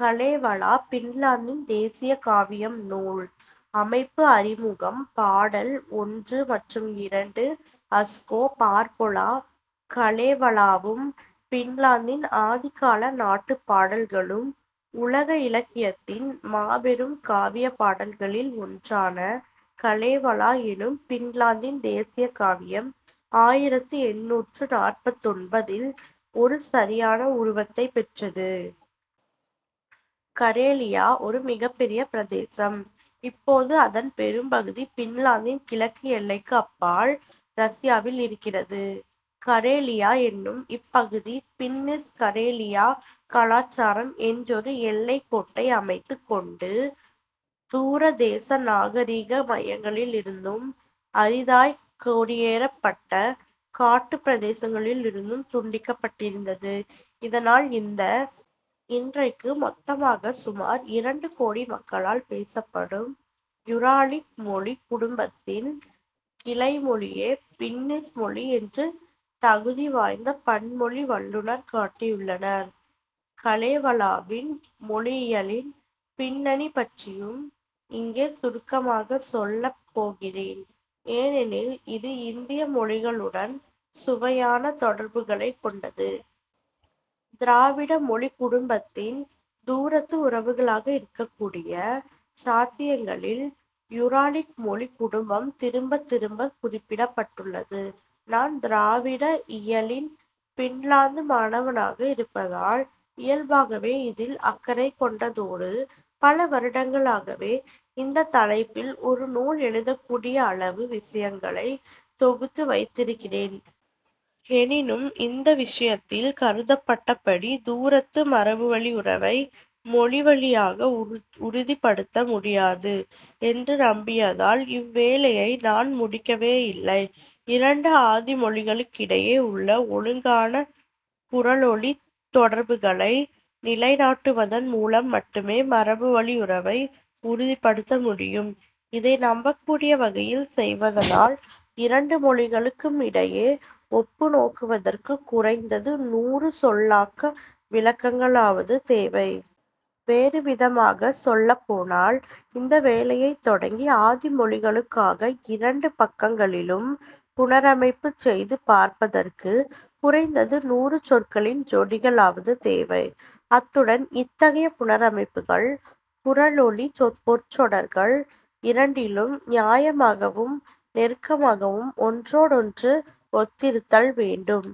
Kalevala பின்லாந்தின் தேசிய காவியம் நூல் அமைப்பு அறிமுகம் பாடல் ஒன்று மற்றும் இரண்டு அஸ்கோ பார்பொலா கலேவலாவும் பின்லாந்தின் ஆதிகால நாட்டுப் பாடல்களும் உலக இலக்கியத்தின் மாபெரும் காவியப் பாடல்களில் ஒன்றான கலேவலா என்னும் பின்லாந்தின் தேசிய காவியம் ஆயிரத்து எண்ணூற்று நாற்பத்தொன்பதில் ஒரு சரியான உருவத்தைப் பெற்றது. கரேலியா ஒரு மிகப்பெரிய பிரதேசம். இப்போது அதன் பெரும்பகுதி பின்லாந்தின் கிழக்கு எல்லைக்கு அப்பால் ரஷ்யாவில் இருக்கிறது. கரேலியா என்னும் இப்பகுதி பின்னிஷ் கரேலியா கலாச்சாரம் என்றொரு எல்லைக்கோட்டை அமைத்துக் கொண்டு தூரதேச நாகரிக மையங்களிலிருந்தும் அரிதாய்க் குடியேறப்பட்ட காட்டுப் பிரதேசங்களிலிருந்தும் துண்டிக்கப்பட்டிருந்தது. இதனால் இந்த இன்றைக்கு மொத்தமாகச் சுமார் இரண்டு கோடி மக்களால் பேசப்படும் யூராலிக் மொழிக் குடும்பத்தின் கிளைமொழியே பின்னிஷ் மொழி என்று தகுதி வாய்ந்த பன்மொழி வல்லுநர் காட்டியுள்ளனர். கலேவலாவின் மொழியியலின் பின்னணி பற்றியும் இங்கே சுருக்கமாகச் சொல்லப் போகிறேன் ஏனெனில் இது இந்திய மொழிகளுடன் சுவையான தொடர்புகளைக் கொண்டது. திராவிட மொழிக் குடும்பத்தின் தூரத்து உறவுகளாக இருக்கக்கூடிய சாத்தியங்களில் யூராலிக் மொழிக் குடும்பம் திரும்பத் திரும்பக் குறிப்பிடப்பட்டுள்ளது. நான் திராவிட இயலின் பின்லாந்து மாணவனாக இருப்பதால் இயல்பாகவே இதில் அக்கறை கொண்டதோடு பல வருடங்களாகவே இந்தத் தலைப்பில் ஒரு நூல் எழுதக்கூடிய அளவு விஷயங்களைத் தொகுத்து வைத்திருக்கிறேன். எனினும் இந்த விஷயத்தில் கருதப்பட்டபடி தூரத்து மரபுவழியுறவை மொழி வழியாக உறுதிப்படுத்த முடியாது என்று நம்பியதால் இவ்வேலையை நான் முடிக்கவேயில்லை. இரண்டு ஆதி மொழிகளுக்கிடையே உள்ள ஒழுங்கான குரலொலித் தொடர்புகளை நிலைநாட்டுவதன் மூலம் மட்டுமே மரபுவழியுறவை உறுதிப்படுத்த முடியும். இதை நம்பக்கூடிய வகையில் செய்வதனால் இரண்டு மொழிகளுக்குமிடையே ஒப்புநோக்குவதற்குக் குறைந்தது நூறு சொல்லாக்க விளக்கங்களாவது தேவை. வேறு விதமாகச் சொல்லப் போனால் இந்த வேலையைத் தொடங்கி ஆதி மொழிகளுக்காக இரண்டு பக்கங்களிலும் புனரமைப்புச் செய்து பார்ப்பதற்குக் குறைந்தது நூறு சொற்களின் ஜோடிகளாவது தேவை அத்துடன் இத்தகைய புனரமைப்புகள் குரலொலி சொற்பொருள் இரண்டிலும் நியாயமாகவும் நெருக்கமாகவும் ஒன்றோடொன்று ஒத்திருத்தல் வேண்டும்.